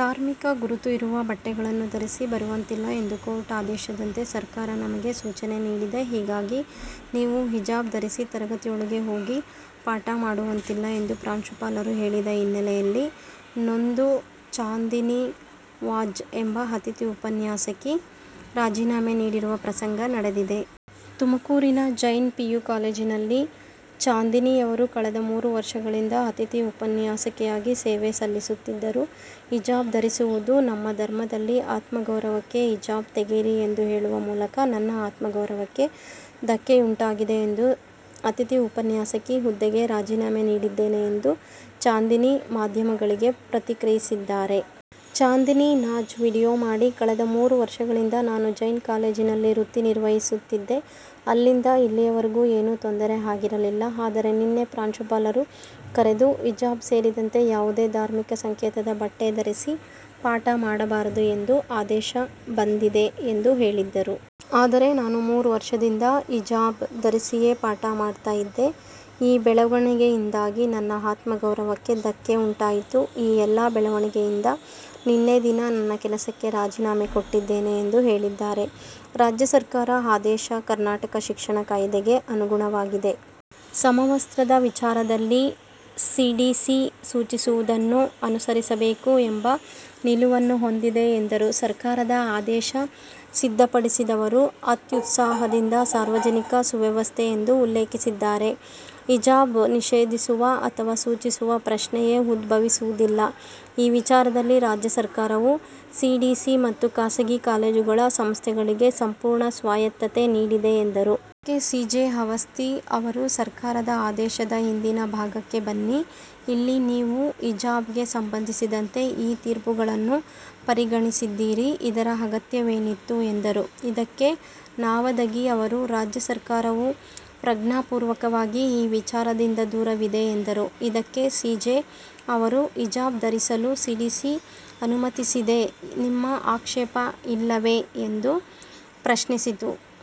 ಧಾರ್ಮಿಕ ಗುರುತು ಇರುವ ಬಟ್ಟೆಗಳನ್ನು ಧರಿಸಿ ಬರುವಂತಿಲ್ಲ ಎಂದು ಕೋರ್ಟ್ ಆದೇಶದಂತೆ ಸರ್ಕಾರ ನಮಗೆ ಸೂಚನೆ ನೀಡಿದೆ, ಹೀಗಾಗಿ ನೀವು ಹಿಜಾಬ್ ಧರಿಸಿ ತರಗತಿಯೊಳಗೆ ಹೋಗಿ ಪಾಠ ಮಾಡುವಂತಿಲ್ಲ ಎಂದು ಪ್ರಾಂಶುಪಾಲರು ಹೇಳಿದ ಹಿನ್ನೆಲೆಯಲ್ಲಿ ನೊಂದು ಚಾಂದಿನಿ ನಾಜ್ ಎಂಬ ಅತಿಥಿ ಉಪನ್ಯಾಸಕಿ ರಾಜೀನಾಮೆ ನೀಡಿರುವ ಪ್ರಸಂಗ ನಡೆದಿದೆ. ತುಮಕೂರಿನ ಜೈನ್ ಪಿಯು ಕಾಲೇಜಿನಲ್ಲಿ ಚಾಂದಿನಿಯವರು ಕಳೆದ ಮೂರು ವರ್ಷಗಳಿಂದ ಅತಿಥಿ ಉಪನ್ಯಾಸಕಿಯಾಗಿ ಸೇವೆ ಸಲ್ಲಿಸುತ್ತಿದ್ದರು. ಹಿಜಾಬ್ ಧರಿಸುವುದು ನಮ್ಮ ಧರ್ಮದಲ್ಲಿ ಆತ್ಮಗೌರವಕ್ಕೆ, ಹಿಜಾಬ್ ತೆಗೆಯಿರಿ ಎಂದು ಹೇಳುವ ಮೂಲಕ ನನ್ನ ಆತ್ಮಗೌರವಕ್ಕೆ ಧಕ್ಕೆಯುಂಟಾಗಿದೆ ಎಂದು ಅತಿಥಿ ಉಪನ್ಯಾಸಕಿ ಹುದ್ದೆಗೆ ರಾಜೀನಾಮೆ ನೀಡಿದ್ದೇನೆ ಎಂದು ಚಾಂದಿನಿ ಮಾಧ್ಯಮಗಳಿಗೆ ಪ್ರತಿಕ್ರಿಯಿಸಿದ್ದಾರೆ. ಚಾಂದಿನಿ ನಾಜ್ ವಿಡಿಯೊ ಮಾಡಿ ಕಳೆದ ಮೂರು ವರ್ಷಗಳಿಂದ ನಾನು ಜೈನ್ ಕಾಲೇಜಿನಲ್ಲಿ ವೃತ್ತಿ ನಿರ್ವಹಿಸುತ್ತಿದ್ದೆ. ಅಲ್ಲಿಂದ ಇಲ್ಲಿವರೆಗೂ ಏನೂ ತೊಂದರೆ ಆಗಿರಲಿಲ್ಲ. ಆದರೆ ನಿನ್ನೆ ಪ್ರಾಂಶುಪಾಲರು ಕರೆದು ಹಿಜಾಬ್ ಸೇರಿದಂತೆ ಯಾವುದೇ ಧಾರ್ಮಿಕ ಸಂಕೇತದ ಬಟ್ಟೆ ಧರಿಸಿ ಪಾಠ ಮಾಡಬಾರದು ಎಂದು ಆದೇಶ ಬಂದಿದೆ ಎಂದು ಹೇಳಿದ್ದರು. ಆದರೆ ನಾನು ಮೂರು ವರ್ಷದಿಂದ ಹಿಜಾಬ್ ಧರಿಸಿಯೇ ಪಾಠ ಮಾಡ್ತಾ ಇದ್ದೆ. ಈ ಬೆಳವಣಿಗೆಯಿಂದಾಗಿ ನನ್ನ ಆತ್ಮಗೌರಕ್ಕೆ ಧಕ್ಕೆ ಉಂಟಾಯಿತು. ಈ ಎಲ್ಲ ಬೆಳವಣಿಗೆಯಿಂದ ನಿನ್ನೆ ದಿನ ನನ್ನ ಕೆಲಸಕ್ಕೆ ರಾಜಿನಾಮೆ ಕೊಟ್ಟಿದ್ದೇನೆ ಎಂದು ಹೇಳಿದ್ದಾರೆ. ರಾಜ್ಯ ಸರ್ಕಾರ ಆದೇಶ ಕರ್ನಾಟಕ ಶಿಕ್ಷಣ ಕಾಯಿದೆಗೆ ಅನುಗುಣವಾಗಿದೆ. ಸಮವಸ್ತ್ರದ ವಿಚಾರದಲ್ಲಿ ಸಿಡಿಸಿ ಸೂಚಿಸುವುದನ್ನು ಅನುಸರಿಸಬೇಕು ಎಂಬ ನಿಲುವನ್ನು ಹೊಂದಿದೆ ಎಂದರು. ಸರ್ಕಾರದ ಆದೇಶ ಸಿದ್ಧಪಡಿಸಿದವರು ಅತ್ಯುತ್ಸಾಹದಿಂದ ಸಾರ್ವಜನಿಕ ಸುವ್ಯವಸ್ಥೆ ಎಂದು ಉಲ್ಲೇಖಿಸಿದ್ದಾರೆ. ಹಿಜಾಬ್ ನಿಷೇಧಿಸುವ ಅಥವಾ ಸೂಚಿಸುವ ಪ್ರಶ್ನೆಯೇ ಉದ್ಭವಿಸುವುದಿಲ್ಲ. ಈ ವಿಚಾರದಲ್ಲಿ ರಾಜ್ಯ ಸರ್ಕಾರವು ಸಿಡಿಸಿ ಮತ್ತು ಖಾಸಗಿ ಕಾಲೇಜುಗಳ ಸಂಸ್ಥೆಗಳಿಗೆ ಸಂಪೂರ್ಣ ಸ್ವಾಯತ್ತತೆ ನೀಡಿದೆ ಎಂದರು. ಇದಕ್ಕೆ ಸಿಜೆ ಅವಸ್ಥಿ ಅವರು 'ಸರ್ಕಾರದ ಆದೇಶದ ಹಿಂದಿನ ಭಾಗಕ್ಕೆ ಬನ್ನಿ. ಇಲ್ಲಿ ನೀವು ಹಿಜಾಬ್ಗೆ ಸಂಬಂಧಿಸಿದಂತೆ ಈ ತೀರ್ಪುಗಳನ್ನು ಪರಿಗಣಿಸಿದ್ದೀರಿ. ಇದರ ಅಗತ್ಯವೇನಿತ್ತು? ' ಎಂದರು. ಇದಕ್ಕೆ ನಾವದಗಿ ಅವರು 'ರಾಜ್ಯ ಸರ್ಕಾರವು ಪ್ರಜ್ಞಾಪೂರ್ವಕವಾಗಿ ಈ ವಿಚಾರದಿಂದ ದೂರವಿದೆ' ಎಂದರು. ಇದಕ್ಕೆ ಸಿಜೆ ಅವರು 'ಹಿಜಾಬ್ ಧರಿಸಲು ಸಿಡಿಸಿ ಅನುಮತಿಸಿದರೆ ನಿಮ್ಮ ಆಕ್ಷೇಪ ಇಲ್ಲವೇ' ಎಂದು ಪ್ರಶ್ನಿಸಿತು.